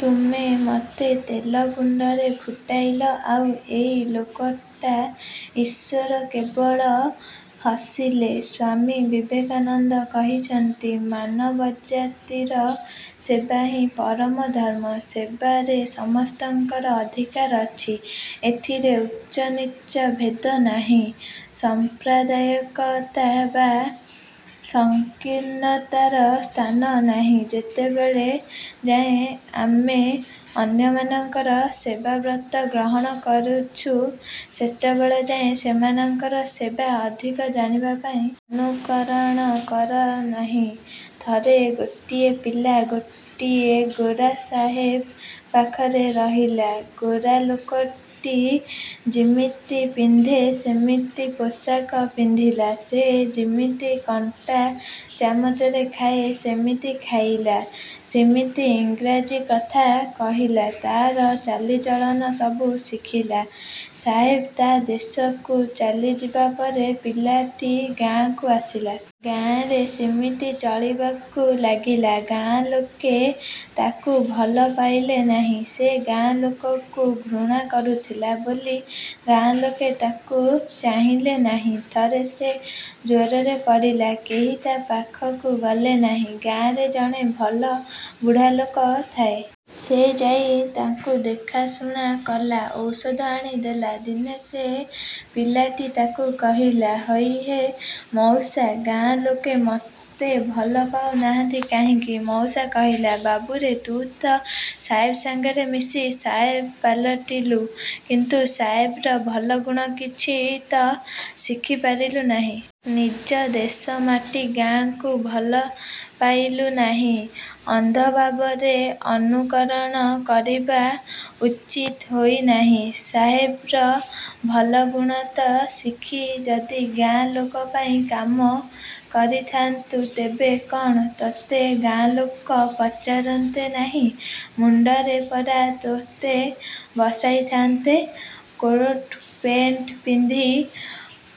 ତୁମେ ମୋତେ ତେଲକୁଣ୍ତରେ ଫୁଟାଇଲ; ଆଉ ଏଇ ଲୋକଟା ''। ଈଶ୍ୱର କେବଳ ହସିଲେ। ସ୍ୱାମୀ ବିବେକାନନ୍ଦ କହିଛନ୍ତି—ମାନବଜାତିର ସେବାହିଁ ପରମ ଧର୍ମ। ସେବାରେ ସମସ୍ତଙ୍କର ଅଧିକାର ଅଛି। ଏଥିରେ ଉଚ୍ଚନୀଚ ଭେଦ ନାହିଁ। ସାମ୍ପ୍ରଦାୟିକତା ବା ସଂକୀର୍ଣ୍ଣତାର ସ୍ଥାନ ନାହିଁ। ଯେତେବେଳ ଯାଏ ଆମେ ଅନ୍ୟମାନଙ୍କର ସେବାବ୍ରତ ଗ୍ରହଣ କରୁଛୁଁ, ସେତେବେଳ ଯାଏ ସେମାନଙ୍କର ସେବା କରିବାକୁ ବାଧ୍ୟ। ଅନୁକରଣ କରନାହିଁ। ଥରେ ଗୋଟିଏ ପିଲା ଗୋଟିଏ ଗୋରାସାହେବ ପାଖରେ ରହିଲା। ଗୋରାଲୋକଟି ଯିମିତି ପିନ୍ଧେ, ସେମିତି ପୋଷାକ ପିନ୍ଧିଲା। ସେ ଯିମିତି କଣ୍ଟା ଚାମଚରେ ଖାଏ, ସେମିତି ଖାଇଲା-। ସିମିତି ଇଂରାଜୀକଥା କହିଲା, ତାରି ଚାଲିଚଳନ ସବୁ ଶିଖିଲା। ସାହେବ ତା' ଦେଶକୁ ଚାଲିଯିବା ପରେ ପିଲାଟି ଗାଁକୁ ଆସିଲା। ଗାଁରେ ସିମିତି ଚଳିବାକୁ ଲାଗିଲା। ଗାଁ ଲୋକେ ତାକୁ ଭଲ ପାଇଲେ ନାହିଁ। ସେ ଗାଁ ଲୋକଙ୍କୁ ଘୃଣା କରୁଥିଲା ବୋଲି ଗାଁ ଲୋକେ ତାକୁ ଚାହିଁଲେ ନାହିଁ-। ଥରେ ସେ ଜ୍ୱରରେ ପଡ଼ିଲା। କେହି ତା' ପାଖକୁ ଗଲେନାହିଁ। ଗାଁରେ ଜଣେ ଭଲ ବୁଢ଼ାଲୋକ ଥାଏ। ସେ ଯାଇ ତାକୁ ଦେଖାଶୁଣା କଲା, ଔଷଧ ଆଣି ଦେଲା। ଦିନେ ସେ ପିଲାଟି ତାକୁ କହିଲା, ''ହଇ ହେ ମଉସା, ଗାଁ ଲୋକେ ମୋତେ ଭଲପାଉ ନାହାନ୍ତି କାହିଁକି? '' ମଉସା କହିଲେ, ''ବାବୁରେ, ତୁ ତ ସାହେବ ସାଙ୍ଗରେ ମିଶି ସାହେବ ପାଲଟିଲୁ, କିନ୍ତୁ ସାହେବର ଭଲଗୁଣ କିଛି ତ ଶିଖିପାରିଲୁ ନାହିଁ। ନିଜ ଦେଶମାଟି ଗାଁକୁ ଭଲପାଇଲୁ ନାହିଁ। ଅନ୍ଧଭାବରେ ଅନୁକରଣ କରିବା ଉଚିତ ହୋଇନାହିଁ। ସାହେବର ଭଲଗୁଣତକ ଶିଖି ଯଦି ଗାଁ ଲୋକପାଇଁ କାମ କରିଥାନ୍ତୁ, ତେବେ କ'ଣ ତୋତେ ଗାଁଲୋକ ପଚାରନ୍ତେ ନାହିଁ? ମୁଣ୍ତରେ ପରା ତୋତେ ବସାଇଥାନ୍ତେ। କୋଟ-ପେଣ୍ଟ ପିନ୍ଧି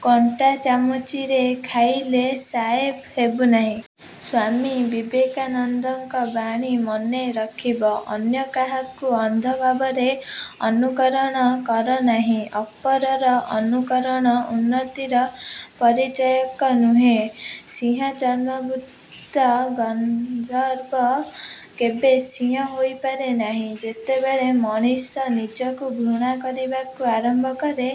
କଣ୍ଟାଚାମୁଚରେ ଖାଇଲେ ସାହେବ ହେବୁ ନାହିଁ। '' ସ୍ୱାମୀ ବିବେକାନନ୍ଦଙ୍କ ବାଣୀ ମନେ ରଖିବ—ଅନ୍ୟ କାହାକୁ ଅନ୍ଧଭାବରେ ଅନୁକରଣ କରନାହିଁ। ଅପରର ଅନୁକରଣ ଉନ୍ନତିର ପରିଚାୟକ ନୁହେଁ। ସିଂହଚର୍ମାବୃତ ଗର୍ଦ୍ଦଭ କେବେ ସିଂହ ହୋଇପାରେ ନାହିଁ। ଯେତେବେଳେ ମଣିଷ ନିଜକୁ ଘୃଣା କରିବାକୁ ଆରମ୍ଭ କରେ,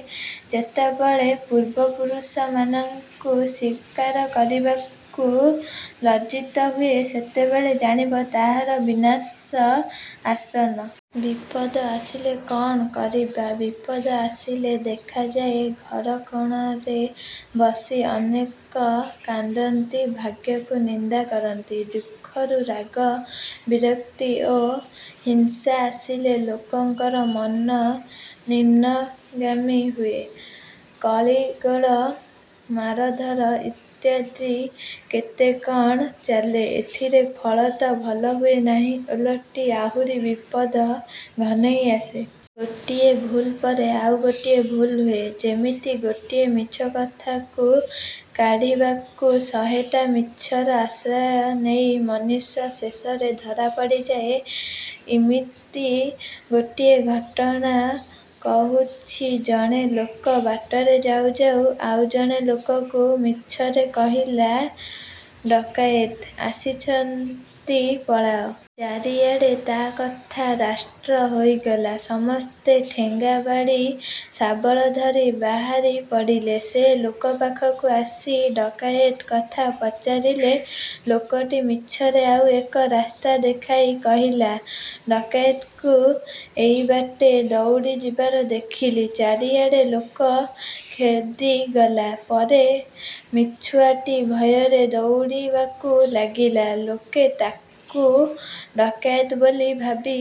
ଯେତେବେଳେ ପୂର୍ବପୁରୁଷମାନଙ୍କୁ ସ୍ୱୀକାର କରିବାକୁ ଲଜ୍ଜିତ ହୁଏ, ସେତେବେଳେ ଜାଣିବ ତାହାର ବିନାଶ ଆସନ୍ନ। ବିପଦ ଆସିଲେ କ'ଣ କରିବ? ବିପଦ ଆସିଲେ ଦେଖାଯାଏ, ଘରକୋଣରେ ବସି ଅନେକ କାନ୍ଦନ୍ତି, ଭାଗ୍ୟକୁ ନିନ୍ଦା କରନ୍ତି। ଦୁଃଖରୁ ରାଗ, ବିରକ୍ତି ଓ ହିଂସା ଆସିଲେ ଲୋକଙ୍କର ମନ ନିମ୍ନଗାମୀ ହୁଏ। କଳିଗୋଳ, ମାରଧର ଇତ୍ୟାଦି କେତେ କଣ ଚାଲେ। ଏଥିରେ ଫଳ ତ ଭଲ ହୁଏ ନାହିଁ, ଓଲଟି ଆହୁରି ବିପଦ ଘନେଇ ଆସେ। ଗୋଟିଏ ଭୁଲ୍ ପରେ ଆଉ ଗୋଟିଏ ଭୁଲ ହୁଏ; ଯେମିତି ଗୋଟିଏ ମିଛ କଥାକୁ ଢାଙ୍କିବାକୁ ଶହେଟା ମିଛର ଆଶ୍ରୟ ନେଇ ମନୁଷ୍ୟ ଶେଷରେ ଧରା ପଡ଼ିଯାଏ। ଇମିତି ଗୋଟିଏ ଘଟଣା କହୁଛି। ଜଣେ ଲୋକ ବାଟରେ ଯାଉଁ ଯାଉଁ ଆଉ ଜଣେ ଲୋକକୁ ମିଛରେ କହିଲା, ''ଡକାଏତ ଆସିଛନ୍ତି, ପଳାଅ। '' ଚାରିଆଡ଼େ ତା' କଥା ରାଷ୍ଟ୍ର ହୋଇଗଲା। ସମସ୍ତେ ଠେଙ୍ଗା, ବାଡ଼ି, ଶାବଳ ଧରି ବାହାରିପଡ଼ିଲେ। ସେ ଲୋକପାଖକୁ ଆସି ଡକାଏତ କଥା ପଚାରିଲେ। ଲୋକଟି ମିଛରେ ଆଉ ଏକ ରାସ୍ତା ଦେଖାଇ କହିଲା, ''ଡକାଏତକୁ ଏଇବାଟେ ଦଉଡ଼ି ଯିବାର ଦେଖିଲି। '' ଚାରିଆଡ଼େ ଲୋକ ଖେଦିଗଲା ପରେ ମିଛୁଆଟି ଭୟରେ ଦଉଡ଼ିବାକୁ ଲାଗିଲା। ଲୋକେ ତାକୁ ଡକାଏତ ବୋଲି ଭାବି